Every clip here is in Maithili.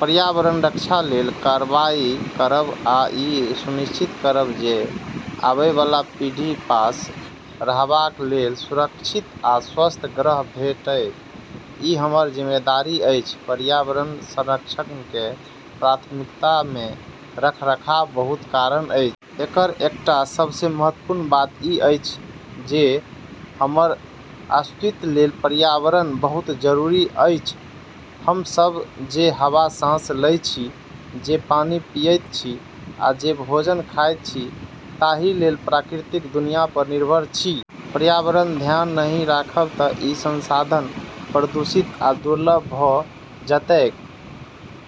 पर्यावरणक रक्षा लेल कार्रवाई करब आ ई सुनिश्चित करब जे आबए बला पीढ़ीक पास रहबा लेल सुरक्षित आ स्वस्थ ग्रह भेटए, ई हमर जिम्मेदारी अछि। पर्यावरण संरक्षणकेँ प्राथमिकता मे रखबाक बहुत कारण अछि। एकर एकटा सबसँ महत्वपूर्ण बात ई अछि जे हमर अस्तित्व लेल पर्यावरण बहुत जरूरी अछि। हम सभ जे हवा साँस लैत छी, जे पानि पीबैत छी, आ जे भोजन खाइत छी ताहि लेल प्राकृतिक दुनिया पर निर्भर छी। पर्यावरणक ध्यान नहि राखब तँ ई संसाधन प्रदूषित आ दुर्लभ भऽ जेतैक,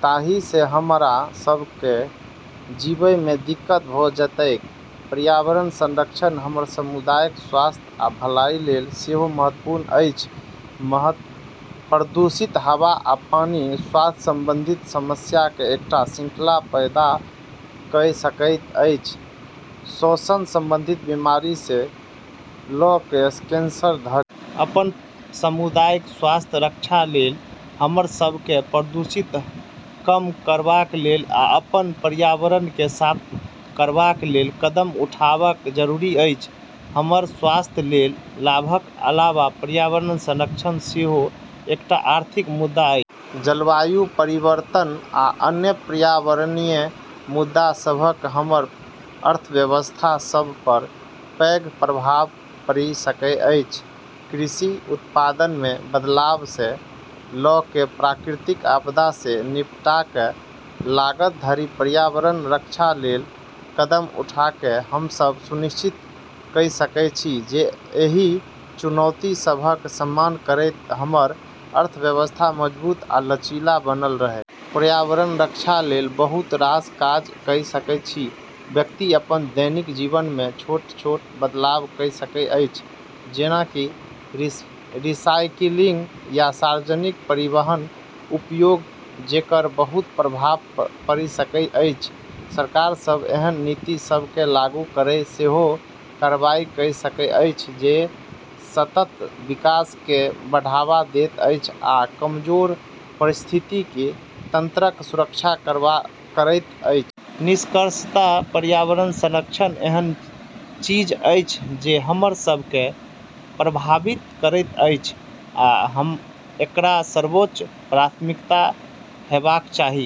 जाहि सँ हमरा सभ केँ जीबामे दिक्कत भऽ जेतैक। पर्यावरण संरक्षण हमर समुदायक स्वास्थ्य आ भलाइ लेल सेहो महत्वपूर्ण अछि। प्रदूषित हवा आ पानि स्वास्थ्य संबंधी समस्याक एकटा श्रृंखला पैदा कइ सकैत अछि, श्वसन संबंधी बीमारी सँ लऽ कऽ कैंसर धरि। अपन समुदायक स्वास्थ्यक रक्षा लेल हमरा सभ केँ प्रदूषण कम करबा लेल आ अपन पर्यावरणकेँ साफ करबा लेल कदम उठाबबाक जरूरत अछि। हमर स्वास्थ्य लेल लाभक अलावा पर्यावरण संरक्षण सेहो एकटा आर्थिक मुद्दा अछि। जलवायु परिवर्तन आ अन्य पर्यावरणीय मुद्दा सभक हमर अर्थव्यवस्था सभ पर पैघ प्रभाव पड़ि सकैत अछि, कृषि उत्पादन मे बदलाव सँ लऽ कऽ प्राकृतिक आपदा सँ निपटबाक लागत धरि। पर्यावरणक रक्षा लेल कदम उठा कऽ हम ई सुनिश्चित कइ सकैत छी जे एहि चुनौती सभक सामना करैत हमर अर्थव्यवस्था मजबूत आ लचीला बनल रहए। पर्यावरणक रक्षा लेल बहुत रास काज कइ सकैत छी। व्यक्ति अपन दैनिक जीवन मे छोट-छोट बदलाव कइ सकैत अछि, जेना कि रिसाइकिलिंग या सार्वजनिक परिवहनक उपयोग, जेकर बहुत प्रभाव पड़ि सकैत अछि। सरकार सभ एहन नीति सभ केँ लागू करैत सेहो कार्रवाई कइ सकैत अछि जे सतत विकास केँ बढ़ावा दैत अछि आ कमजोर पारिस्थितिकी तंत्रक सुरक्षा करैत अछि। निष्कर्षतः पर्यावरण संरक्षण एहन चीज अछि जे हमरा सभ केँ प्रभावित करैत अछि, आ एकरा सर्वोच्च प्राथमिकता हेबाक चाही।